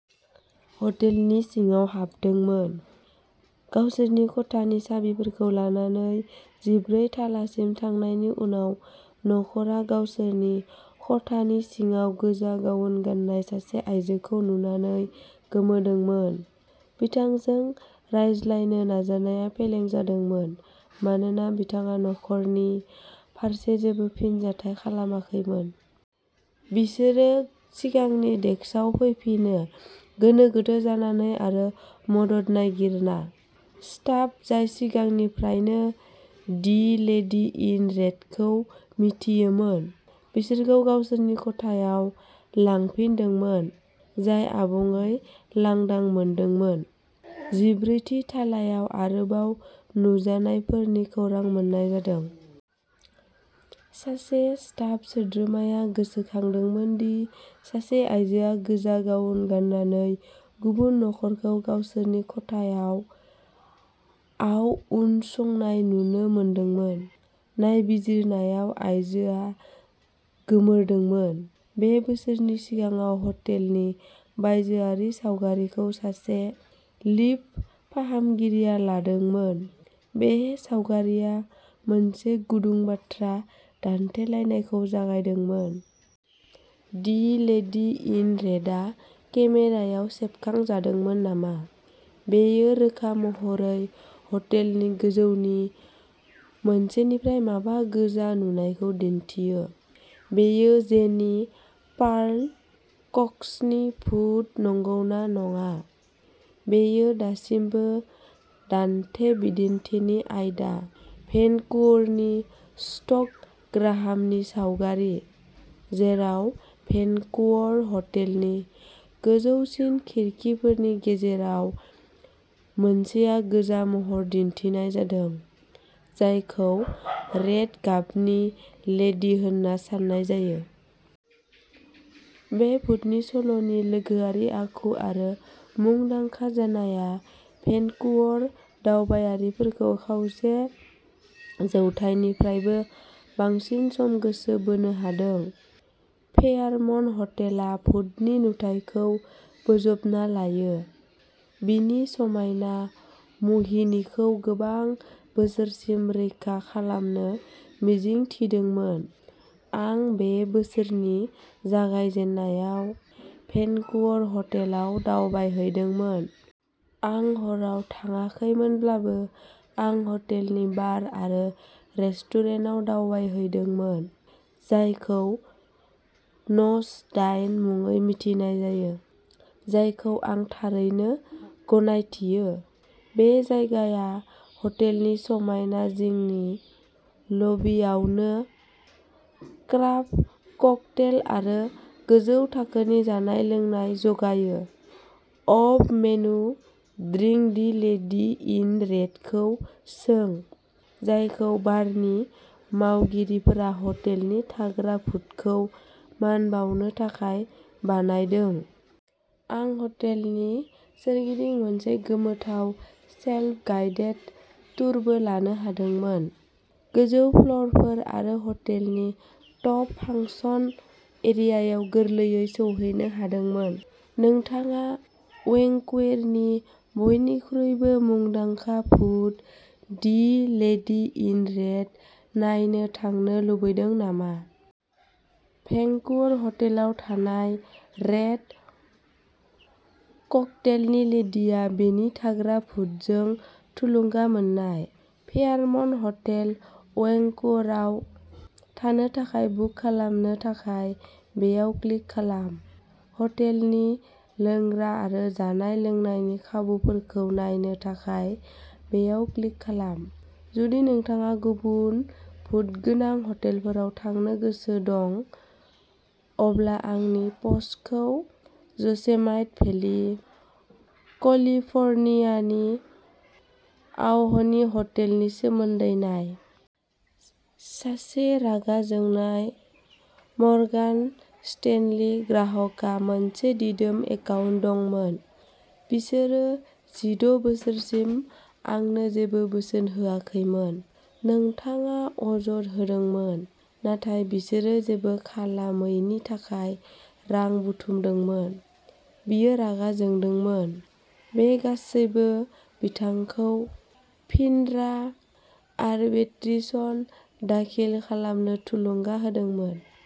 हटेलनि सिङाव हाबदोंमोन। गावसोरनि खथानि साबिफोरखौ लानानै जिब्रै थालासिम थांनायनि उनाव, न'खरआ गावसोरनि खथानि सिङाव गोजा गाउन गान्नाय सासे आयजोखौ नुनानै गोमोदोंमोन। बिथांजों रायज्लायनो नाजानाया फेलें जादोंमोन मानोना बिथाङा न'खरनि फारसे जेबो फिनजाथाय खालामाखैमोन। बिसोरो सिगांनि डेस्कआव फैफिनो, गोनो गोथो जानानै आरो मदद नागिरना। स्टाफ, जाय सिगांनिफ्रायनो दि लेडी इन रेडखौ मिथियोमोन, बिसोरखौ गावसोरनि खथायाव लांफिनदोंमोन, जाय आबुङै लांदां मोनदोंमोन। जिब्रैथि थालायाव आरोबाव नुजानायफोरनि खौरां मोन्नाय जादों। सासे स्टाफ सोद्रोमाया गोसोखांदोंमोन दि सासे आइजोआ गोजा गाउन गान्नानै गुबुन न'खरखौ गावसोरनि खथायाव आव उनसंनाय नुनो मोनदोंमोन। नायबिजिरनायाव, आइजोआ गोमोरदोंमोन। बे बोसोरनि सिगाङाव हटेलनि बायजोआरि सावगारिखौ सासे लिफ्ट फाहामगिरिया लादोंमोन। बे सावगारिया मोनसे गुदुं बाथ्रा दान्थेलायनायखौ जागायदोंमोन। दि लेडी इन रेडआ केमेरायाव सेबखांजादोंमोन नामा? बेयो रोखा महरै हटेलनि गोजौनि मोनसेनिफ्राय माबा गोजा नुनायखौ दिन्थियो। बेयो जेनि पार्ल कक्सनि भुत नंगौना नङा, बेयो दासिमबो दान्थे-बिदिन्थिनि आयदा। भेनकुवरनि स्टक ग्राहामनि सावगारि, जेराव भेनकुवर हटेलनि गोजौसिन खिरखिफोरनि गेजेराव मोनसेया गोजा महर दिन्थिनाय जादों, जायखौ रेड गाबनि लेडि होन्ना सान्नाय जायो। बे भुतनि सल'नि लोगोआरि आखु आरो मुंदांखा जानाया भेनकुवर दावबायारिफोरखौ खावसे जौथाइनिफ्रायबो बांसिन सम गोसो बोनो हादों। फेयारमन्ट हटेलआ भुतनि नुथायखौ बोजबना लायो, बिनि समायना मुहिनिखौ गोबां बोसोरसिम रैखा खालामनो मिजिं थिदोंमोन। आं बे बोसोरनि जागायजेन्नायाव भेनकुवर हटेलाव दावबायहैदोंमोन। आं हराव थाङाखैमोनब्लाबो, आं हटेलनि बार आरो रेस्टुरेन्टाव दावबायहैदोंमोन, जायखौ नच दाइन मुङै मिथिनाय जायो, जायखौ आं थारैनो गनायथियो। बे जायगाया हटेलनि समायना जिंनि लबियावनो क्राफ्ट ककटेल आरो गोजौ थाखोनि जानाय-लोंनाय जगायो। Off menu drink the lady in रेड'खौ सों, जायखौ बारनि मावगिरिफोरा हटेलनि थाग्रा भुतखौ मान बावनो थाखाय बानायदों। आं हटेलनि सोरगिदिं मोनसे गोमोथाव सेल्फ गाइडेड टुरबो लानो हादोंमोन, गोजौ फ्ल'रफोर आरो हटेलनि टप फांसन एरियायाव गोरलैयै सौहैनो हादोंमोन। नोंथाङा वैंकूवेरनि बयनिख्रुइबो मुंदांखा भुत, दि लेडी इन रेड नायनो थांनो लुबैदों नामा? भेंकूवर हटेलाव थानाय रेड ककटेलनि लेडिआ बेनि थाग्रा भुतजों थुलुंगा मोननाय। फेयरमन्ट हटेल वैंकूवराव थानो थाखाय बुक खालामनो थाखाय बेयाव क्लिक खालाम। हटेलनि लोंग्रा आरो जानाय-लोंनायनि खाबुफोरखौ नायनो थाखाय बेयाव क्लिक खालाम। जुदि नोंथाङा गुबुन भुतगोनां हटेलफोराव थांनो गोसो दं, अब्ला आंनि प'स्टखौ य'सेमाइट भेलि, कलिफ'र्नियानि आवहनी हटेलनि सोमोन्दै नाय। सासे रागा जोंनाय मर्गान स्टेनली ग्राहकहा मोनसे दिदोम एकाउन्ट दंमोन। बिसोरो जिद' बोसोरसिम आंनो जेबो बोसोन होआखैमोन, नोंथाङा अजद होदोंमोन। नाथाय बिसोरो जेबो खालामैनि थाखाय रां बुथुमदोंमोन, बियो रागा जोंदोंमोन। बे गासैबो बिथांखौ फिनरा आरबिट्रेशन दाखिल खालामनो थुलुंगा होदोंमोन।